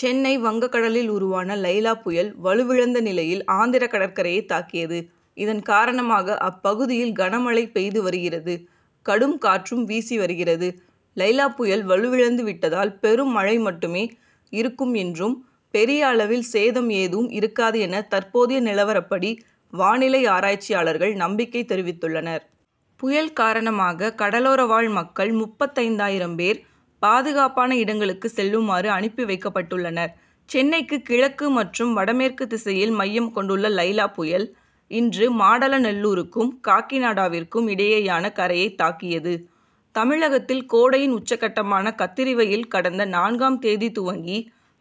சென்னை வங்ககடலில் உருவான லைலா புயல் வலுவிழந்த நிலையில் ஆந்திர கடற்கரையை தாக்கியது. இதன் காரணமாக அப்பகுதியில் கனமழை பெய்து வருகிறது. கடும் காற்றும் வீசி வருகிறது. லைலா புயல் வலுவிழந்து விட்டதால் பெரும் மழை மட்டுமே இருக்கும் என்றும் பெரிய அளவில் சேதம் ஏதும் இருக்காது என தற்போதைய நிலவரப்படி வானிலை ஆராய்ச்சியாளர்கள் நம்பிக்கை தெரிவித்துள்ளனர். புயல் காரணமாக கடலோரவாழ் மக்கள் முப்பத்தைந்தாயிரம் பேர் பாதுகாப்பான இடங்களுக்கு செல்லுமாறு அனுப்பி வைக்கப்பட்டுள்ளனர். சென்னைக்கு கிழக்கு மற்றும் வடமேற்கு திசையில் மையம் கொண்டுள்ள லைலா புயல் இன்று மாடல நெல்லூருக்கும் காக்கிநாடாவிற்கும் இடையேயான கரையை தாக்கியது. தமிழகத்தில் கோடையின் உச்சகட்டமான கத்திரிவெயில் கடந்த நான்காம் தேதி துவங்கி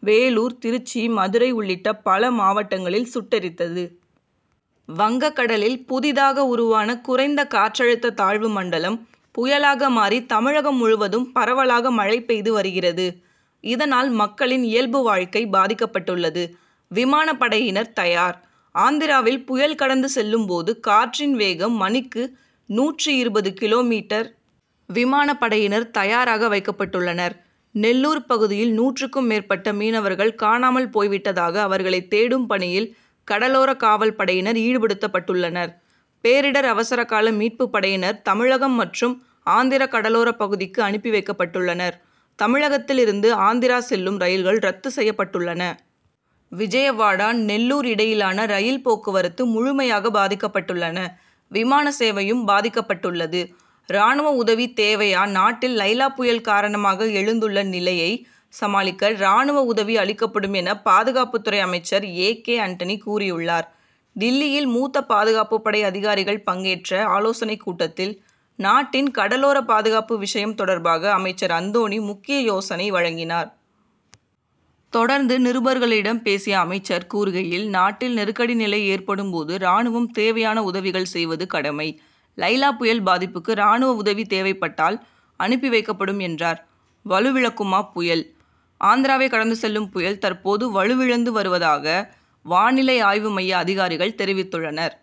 வேலூர் திருச்சி மதுரை உள்ளிட்ட பல மாவட்டங்களில் சுட்டெரித்தது. வங்கக் கடலில் புதிதாக உருவான குறைந்த காற்றழுத்த தாழ்வு மண்டலம் புயலாக மாறி தமிழகம் முழுவதும் பரவலாக மழை பெய்து வருகிறது. இதனால் மக்களின் இயல்பு வாழ்க்கை பாதிக்கப்பட்டுள்ளது. விமான படையினர் தயார் ஆந்திராவில் புயல் கடந்து செல்லும்போது காற்றின் வேகம் மணிக்கு நூற்று இருபது கி.மீ. விமான படையினர் தயாராக வைக்கப்பட்டுள்ளனர். நெல்லூர் பகுதியில் நூற்றுக்கும் மேற்பட்ட மீனவர்கள் காணாமல் போய்விட்டதாக அவர்களை தேடும் பணியில் கடலோர காவல்படையினர் ஈடுபடுத்தப்பட்டுள்ளனர். பேரிடர் அவசர கால மீட்பு படையினர் தமிழகம் மற்றும் ஆந்திர கடலோர பகுதிக்கு அனுப்பி வைக்கப்பட்டுள்ளனர். தமிழகத்தில் இருந்து ஆந்திரா செல்லும் ரயில்கள் ரத்து செய்யப்பட்டுள்ளன. விஜயவாடா நெல்லூர் இடையிலான ரயில் போக்குவரத்து முழுமையாக பாதிக்கப்பட்டுள்ளன. விமான சேவையும் பாதிக்கப்பட்டுள்ளது. ராணுவ உதவி தேவையா நாட்டில் லைலா புயல் காரணமாக எழுந்துள்ள நிலையை சமாளிக்க ராணுவ உதவி அளிக்கப்படும் என பாதுகாப்பு துறை அமைச்சர் ஏ. கே. அண்டனி கூறியுள்ளார். டில்லியில் மூத்த பாதுகாப்பு படை அதிகாரிகள் பங்கேற்ற ஆலோசனை கூட்டத்தில் நாட்டின் கடலோர பாதுகாப்பு விஷயம் தொடர்பாக அமைச்சர் அந்தோணி முக்கிய யோசனை வழங்கினார். தொடர்ந்து நிருபர்களிடம் பேசிய அமைச்சர் கூறுகையில் நாட்டில் நெருக்கடி நிலை ஏற்படும் போது ராணுவம் தேவையான உதவிகள் செய்வது கடமை. லைலா புயல் பாதிப்புக்கு ராணுவ உதவி தேவைப்பட்டால் அனுப்பி வைக்கப்படும் என்றார். வலுவிழக்குமா புயல் ஆந்திராவை கடந்து செல்லும் புயல் தற்போது வலுவிழந்து வருவதாக வானிலை ஆய்வு மைய அதிகாரிகள் தெரிவித்துள்ளனர்.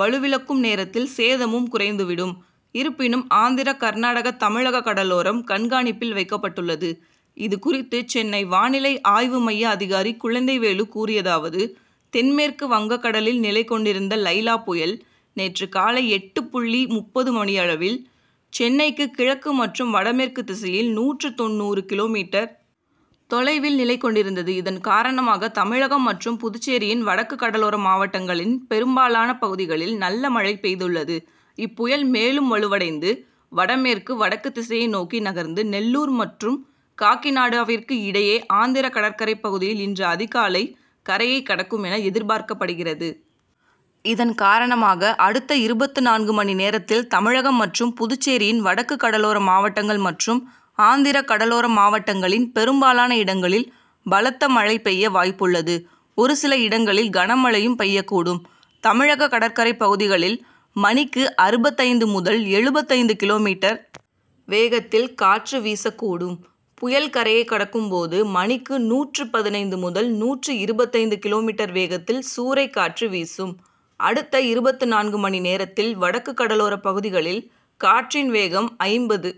வலுவிழக்கும் நேரத்தில் சேதமும் குறைந்து விடும். இருப்பினும் ஆந்திர கர்நாடக தமிழக கடலோரம் கண்காணிப்பில் வைக்கப்பட்டுள்ளது. இதுகுறித்து சென்னை வானிலை ஆய்வுமைய அதிகாரி குழந்தைவேலு கூறியதாவது தென்மேற்கு வங்கக்கடலில் நிலைகொண்டிருந்த லைலா புயல் நேற்று காலை எட்டு புள்ளி முப்பது மணியளவில் சென்னைக்கு கிழக்கு மற்றும் வடமேற்கு திசையில் நூற்று தொண்ணூறு கி.மீ. தொலைவில் நிலை கொண்டிருந்தது. இதன் காரணமாக தமிழகம் மற்றும் புதுச்சேரியின் வடக்கு கடலோர மாவட்டங்களின் பெரும்பாலான பகுதிகளில் நல்ல மழை பெய்துள்ளது. இப்புயல் மேலும் வலுவடைந்து வடமேற்கு வடக்கு திசையை நோக்கி நகர்ந்து நெல்லூர் மற்றும் காக்கிநாடாவிற்கு இடையே ஆந்திர கடற்கரை பகுதியில் இன்று அதிகாலை கரையை கடக்கும் என எதிர்பார்க்கப்படுகிறது. இதன் காரணமாக அடுத்த இருபத்துநான்கு மணி நேரத்தில் தமிழகம் மற்றும் புதுச்சேரியின் வடக்கு கடலோர மாவட்டங்கள் மற்றும் ஆந்திர கடலோர மாவட்டங்களின் பெரும்பாலான இடங்களில் பலத்த மழை பெய்ய வாய்ப்புள்ளது. ஒருசில இடங்களில் கனமழையும் பெய்யக்கூடும். தமிழக கடற்கரை பகுதிகளில் மணிக்கு அறுபத்தைந்து முதல் எழுபத்தைந்து கி.மீ. வேகத்தில் காற்று வீசக்கூடும். புயல் கரையை கடக்கும் போது மணிக்கு நூற்று பதினைந்து முதல் நூற்று இருபத்தைந்து கி.மீ. வேகத்தில் சூறைக்காற்று வீசும். அடுத்த இருபத்துநான்கு மணி நேரத்தில் வடக்கு கடலோர பகுதிகளில் காற்றின் வேகம் ஐம்பது.